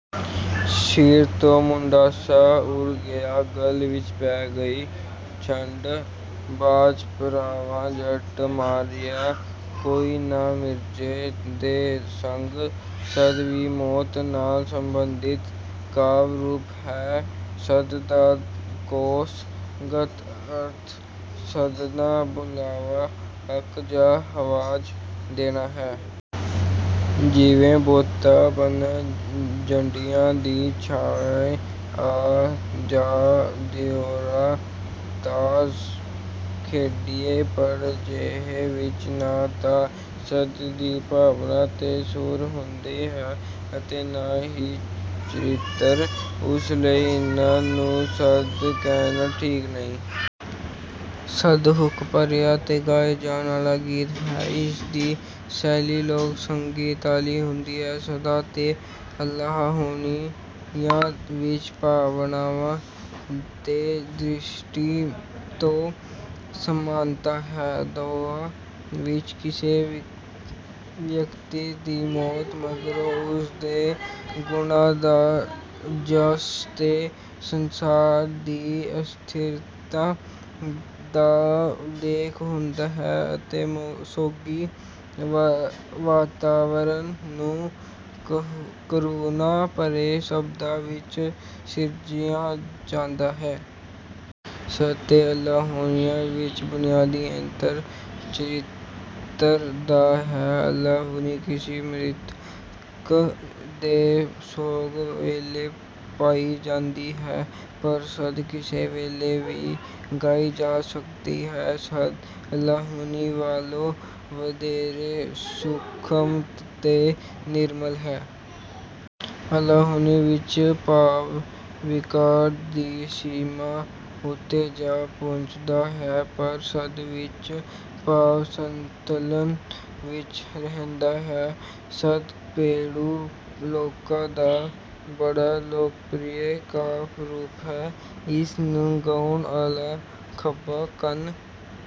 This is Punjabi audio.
ਸਿਰ ਤੋਂ ਮੁੰਡਾਸਾ ਉੱਡ ਗਿਆ, ਗਲ ਵਿੱਚ ਪੈ ਗਈ ਝੰਡ, ਬਾਝ ਭਰਾਵਾਂ ਜੱਟ ਮਾਰਿਆ ਕੋਈ ਨਾ ਮਿਰਜ਼ੇ ਦੇ ਸੰਗ। ਸੱਦ ਵੀ ਮੌਤ ਨਾਲ਼ ਸੰਬੰਧਿਤ ਕਾਵਿ ਰੂਪ ਹੈ। ਸੱਦ ਦਾ ਕੋਸ਼ ਗਤ ਅਰਥ ਸੱਦਣਾ ਬੁਲਾਵਾ ਹਾਕ ਜਾਂ ਆਵਾਜ਼ ਦੇਣਾ ਹੈ। ਜਿਵੇਂ: ਬੋਤਾ ਬੰਨ੍ਹ ਜੰਡੀਆਂ ਦੀ ਛਾਵੇਂ ਆ ਜਾ ਦਿਉਰਾ ਤਾਸ਼ ਖੇਡੀਏ। ਪਰ ਅਜਿਹੇ ਵਿੱਚ ਨਾਂ ਤਾਂ ਸੱਦ ਦੀ ਭਾਵਨਾ ਤੇ ਸੁਰ ਹੁੰਦੀ ਹੈ ਅਤੇ ਨਾ ਹੀ ਚਰਿੱਤਰ। ਉਸ ਲਈ ਇਨ੍ਹਾਂ ਨੂੰ ਸੱਦ ਕਹਿਣਾ ਠੀਕ ਨਹੀਂ। ਸੱਦ ਹੂਕ ਭਰਿਆ ਤੇ ਗਾਏ ਜਾਣ ਵਾਲ਼ਾ ਗੀਤ ਹੈ। ਇਸ ਦੀ ਸ਼ੈਲੀ ਲੋਕ ਸੰਗੀਤ ਵਾਲ਼ੀ ਹੁੰਦੀ ਹੈ। ਸੱਦਾਂ ਤੇ ਅਲਾਹੁਣੀਆਂ ਵਿੱਚ ਭਾਵਨਾ ਤੇ ਦ੍ਰਿਸ਼ਟੀ ਤੋਂ ਸਮਾਨਤਾ ਹੈ। ਦੋਹਾਂ ਵਿੱਚ ਕਿਸੇ ਵਿਅਕਤੀ ਦੀ ਮੌਤ ਮਗਰੋਂ ਉਸ ਦੇ ਗੁਣਾਂ ਦਾ ਜੱਸ ਤੇ ਸੰਸਾਰ ਦੀ ਅਸਥਿਰਤਾ ਦਾ ਉੱਲੇਖ ਹੁੰਦਾ ਹੈ ਅਤੇ ਸੋਗੀ ਵਾਤਾਵਰਨ ਨੂੰ ਕਰੁਣਾ ਭਰੇ ਸ਼ਬਦਾਂ ਵਿੱਚ ਸਿਰਜਿਆ ਜਾਂਦਾ ਹੈ। ਸੱਦ ਤੇ ਅਲਾਹੁਣੀਆਂ ਵਿੱਚ ਬੁਨਿਆਦੀ ਅੰਤਰ ਚਰਿੱਤਰ ਦਾ ਹੈ। ਅਲਾਹੁਣੀ ਕਿਸੇ ਮ੍ਰਿਤਕ ਦੇ ਸੋਗ ਵੇਲ਼ੇ ਪਾਈ ਜਾਂਦੀ ਹੈ ਪਰ ਸੱਦ ਕਿਸੇ ਵੇਲ਼ੇ ਵੀ ਗਾਈ ਜਾ ਸਕਦੀ ਹੈ। ਸੱਦ ਅਲਾਹੁਣੀ ਨਾਲ਼ੋਂ ਵਧੇਰੇ ਸੂਖਮ ਤੇ ਨਿਰਮਲ ਹੈ। ਅਲਾਹੁਣੀ ਵਿੱਚ ਭਾਵ ਵਿਕਾਰ ਦੀ ਸੀਮਾ ਉੱਤੇ ਜਾ ਪੁੱਜਦਾ ਹੈ ਪਰ ਸੱਦ ਵਿੱਚ ਭਾਵ ਸੰਤੁਲਨ ਵਿੱਚ ਰਹਿੰਦਾ ਹੈ। ਸੱਦ ਪੇਂਡੂ ਲੋਕਾਂ ਦਾ ਬੜਾ ਲੋਕਪ੍ਰਿਆ ਕਾਵਿ ਰੂਪ ਹੈ। ਇਸ ਨੂੰ ਗਾਉਣ ਵੇਲ਼ੇ ਖੱਬਾ ਕੰਨ